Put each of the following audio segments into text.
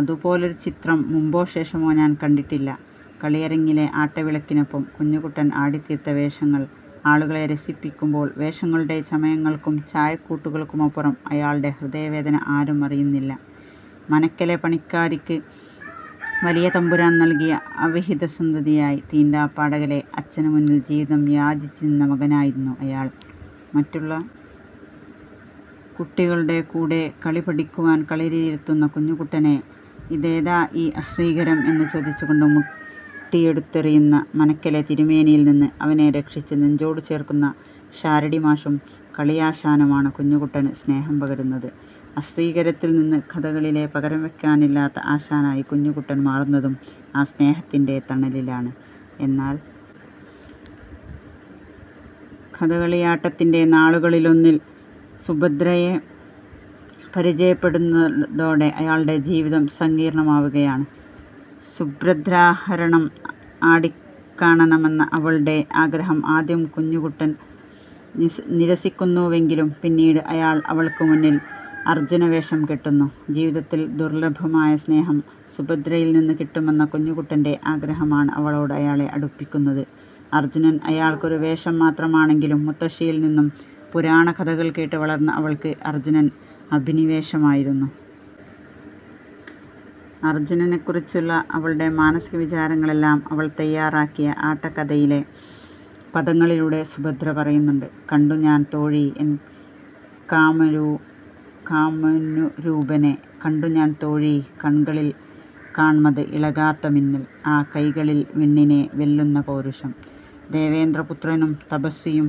അതുപോലൊരു ചിത്രം മുൻപോ ശേഷമോ ഞാൻ കണ്ടിട്ടില്ല. കളിയരങ്ങിലെ ആട്ടവിളക്കിനൊപ്പം കുഞ്ഞുകുട്ടൻ ആടിത്തീർത്ത വേഷങ്ങൾ ആളുകളെ രസിപ്പിക്കുമ്പോൾ വേഷങ്ങളുടെ ചമയങ്ങൾക്കും ചായക്കൂട്ടുകൾക്കുമപ്പുറം അയാളുടെ ഹൃദയവേദന ആരും അറിയുന്നില്ല. മനയ്ക്കലെ പണിക്കാരിക്ക് വലിയ തമ്പുരാൻ നൽകിയ അവിഹിതസന്തതിയായി, തീണ്ടാപ്പാടകലെ അച്ഛന് മുന്നിൽ ജീവിതം യാചിച്ചു നിന്ന മകനായിരുന്നു അയാൾ. മറ്റുള്ള കുട്ടികളുടെ കൂടെ കളി പഠിക്കുവാൻ കളരിയിലെത്തുന്ന കുഞ്ഞുകുട്ടനെ ഇതേതാ ഈ അശ്രീകരം എന്ന് ചോദിച്ചുകൊണ്ട് മുട്ടിയെടുത്തെറിയുന്ന മനയ്ക്കലെ തിരുമേനിയിൽ നിന്ന് അവനെ രക്ഷിച്ച് നെഞ്ചോട് ചേർക്കുന്ന ഷാരടി മാഷും കളിയാശാനുമാണ് കുഞ്ഞുകുട്ടന് സ്നേഹം പകരുന്നത്. അശ്രീകരത്തിൽ നിന്ന് കഥകളിയിലെ പകരംവയ്ക്കാനില്ലാത്ത ആശാനായി കുഞ്ഞുകുട്ടൻ മാറുന്നതും ആ സ്നേഹത്തിൻ്റെ തണലിലാണ്. എന്നാൽ കഥകളിയാട്ടത്തിൻ്റെ നാളുകളിലൊന്നിൽ സുഭദ്രയെ പരിചയപ്പെടുന്നതോടെ അയാളുടെ ജീവിതം സങ്കീർണമാവുകയാണ്. സുഭദ്രാഹരണം ആടിക്കാണണമെന്ന അവളുടെ ആഗ്രഹം ആദ്യം കുഞ്ഞുകുട്ടൻ നിരസിക്കുന്നുവെങ്കിലും പിന്നീട് അയാൾ അവൾക്ക് മുന്നിൽ അർജുനവേഷം കെട്ടുന്നു. ജീവിതത്തിൽ ദുർലഭമായ സ്നേഹം സുഭദ്രയിൽ നിന്ന് കിട്ടുമെന്ന കുഞ്ഞുകുട്ടൻ്റെ ആഗ്രഹമാണ് അവളോട് അയാളെ അടുപ്പിക്കുന്നത്. അർജുനൻ അയാൾക്കൊരു വേഷം മാത്രമാണെങ്കിലും മുത്തശ്ശിയിൽ നിന്നും പുരാണകഥകൾ കേട്ട് വളർന്ന അവൾക്ക് അർജുനൻ അഭിനിവേശമായിരുന്നു. അർജുനനെക്കുറിച്ചുള്ള അവളുടെ മാനസികവിചാരങ്ങളെല്ലാം അവൾ തയ്യാറാക്കിയ ആട്ടക്കഥയിലെ പദങ്ങളിലൂടെ സുഭദ്ര പറയുന്നുണ്ട്. കണ്ടു ഞാൻ തോഴി എൻ കാമനുരൂപനെ. കണ്ടു ഞാൻ തോഴീ കൺകളിൽ കാണ്മത് ഇളകാത്ത മിന്നൽ. ആ കൈകളിൽ വിണ്ണിനെ വെല്ലുന്ന പൗരുഷം. ദേവേന്ദ്രപുത്രനും തപസ്വിയും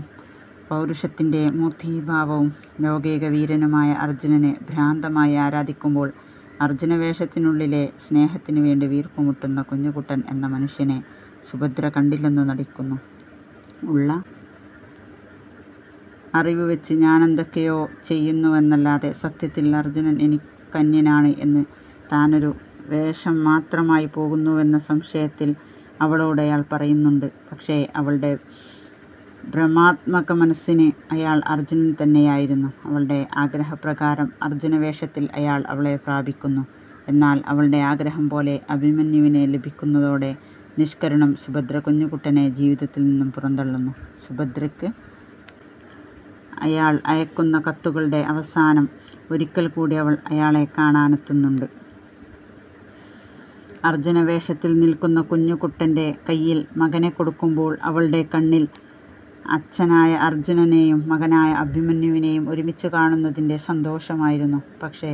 പൗരുഷത്തിൻ്റെ മൂർത്തീഭാവവും ലോകൈകവീരനുമായ അർജുനനെ ഭ്രാന്തമായി ആരാധിക്കുമ്പോൾ അർജുനവേഷത്തിനുള്ളിലെ സ്നേഹത്തിനു വേണ്ടി വീർപ്പുമുട്ടുന്ന കുഞ്ഞുകുട്ടൻ എന്ന മനുഷ്യനെ സുഭദ്ര കണ്ടില്ലെന്ന് നടിക്കുന്നു. ഉള്ള അറിവ് വെച്ച് ഞാനെന്തൊക്കെയോ ചെയ്യുന്നുവെന്നല്ലാതെ സത്യത്തിൽ അർജുനൻ എനിക്കന്യനാണ് എന്ന് താനൊരു വേഷം മാത്രമായി പോകുന്നുവെന്ന സംശയത്തിൽ അവളോട് അയാൾ പറയുന്നുണ്ട്. പക്ഷേ അവളുടെ ഭ്രമാത്മകമനസ്സിന് അയാൾ അർജുനൻ തന്നെയായിരുന്നു. അവളുടെ ആഗ്രഹപ്രകാരം അർജുനവേഷത്തിൽ അയാൾ അവളെ പ്രാപിക്കുന്നു. എന്നാൽ അവളുടെ ആഗ്രഹം പോലെ അഭിമന്യുവിനെ ലഭിക്കുന്നതോടെ നിഷ്കരുണം സുഭദ്ര കുഞ്ഞുകുട്ടനെ ജീവിതത്തിൽ നിന്നും പുറന്തള്ളുന്നു. സുഭദ്രയ്ക്ക് അയാൾ അയയ്ക്കുന്ന കത്തുകളുടെ അവസാനം ഒരിക്കൽക്കൂടി അവൾ അയാളെ കാണാനെത്തുന്നുണ്ട്. അർജുനവേഷത്തിൽ നിൽക്കുന്ന കുഞ്ഞുകുട്ടൻ്റെ കൈയിൽ മകനെ കൊടുക്കുമ്പോൾ അവളുടെ കണ്ണിൽ അച്ഛനായ അർജുനനെയും മകനായ അഭിമന്യുവിനെയും ഒരുമിച്ച് കാണുന്നതിൻ്റെ സന്തോഷമായിരുന്നു. പക്ഷേ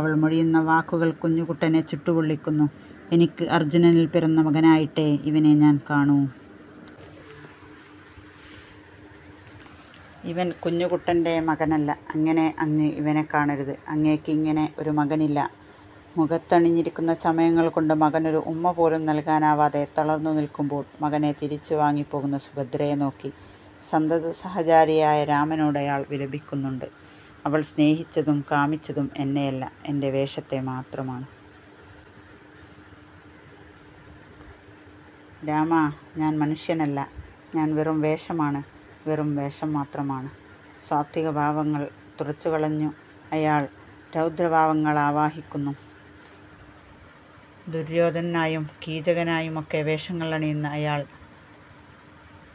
അവൾ മൊഴിയുന്ന വാക്കുകൾ കുഞ്ഞുകുട്ടനെ ചുട്ടുപൊള്ളിക്കുന്നു. എനിക്ക് അർജുനനിൽ പിറന്ന മകനായിട്ടേ ഇവനെ ഞാൻ കാണൂ. ഇവൻ കുഞ്ഞുകുട്ടൻ്റെ മകനല്ല. അങ്ങനെ അങ്ങ് ഇവനെ കാണരുത്. അങ്ങേക്ക് ഇങ്ങനെ ഒരു മകനില്ല. മുഖത്ത് അണിഞ്ഞിരിക്കുന്ന ചമയങ്ങൾ കൊണ്ട് മകനൊരു ഉമ്മ പോലും നൽകാനാവാതെ തളർന്നു നിൽക്കുമ്പോൾ മകനെ തിരിച്ചുവാങ്ങി പോകുന്ന സുഭദ്രയെ നോക്കി സന്തതസഹചാരിയായ രാമനോട് അയാൾ വിലപിക്കുന്നുണ്ട്. അവൾ സ്നേഹിച്ചതും കാമിച്ചതും എന്നെയല്ല. എൻ്റെ വേഷത്തെ മാത്രമാണ്. രാമാ, ഞാൻ മനുഷ്യനല്ല. ഞാൻ വെറും വേഷമാണ്. വെറും വേഷം മാത്രമാണ്. സാത്വികഭാവങ്ങൾ തുടച്ചുകളഞ്ഞു അയാൾ രൗദ്രഭാവങ്ങളാവാഹിക്കുന്നു. ദുര്യോധനനായും കീചകനായുമൊക്കെ വേഷങ്ങൾ അണിയുന്ന അയാൾ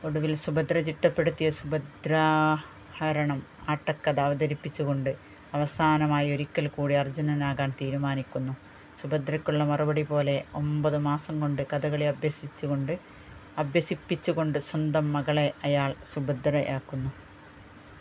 ഒടുവിൽ സുഭദ്ര ചിട്ടപ്പെടുത്തിയ സുഭദ്രാഹരണം ആട്ടക്കഥ അവതരിപ്പിച്ചുകൊണ്ട് അവസാനമായി ഒരിക്കൽക്കൂടി അർജുനനാകാൻ തീരുമാനിക്കുന്നു. സുഭദ്രയ്ക്കുള്ള മറുപടി പോലെ ഒമ്പതുമാസംകൊണ്ട് കഥകളി അഭ്യസിപ്പിച്ചുകൊണ്ട് സ്വന്തം മകളെ അയാൾ സുഭദ്രയാക്കുന്നു.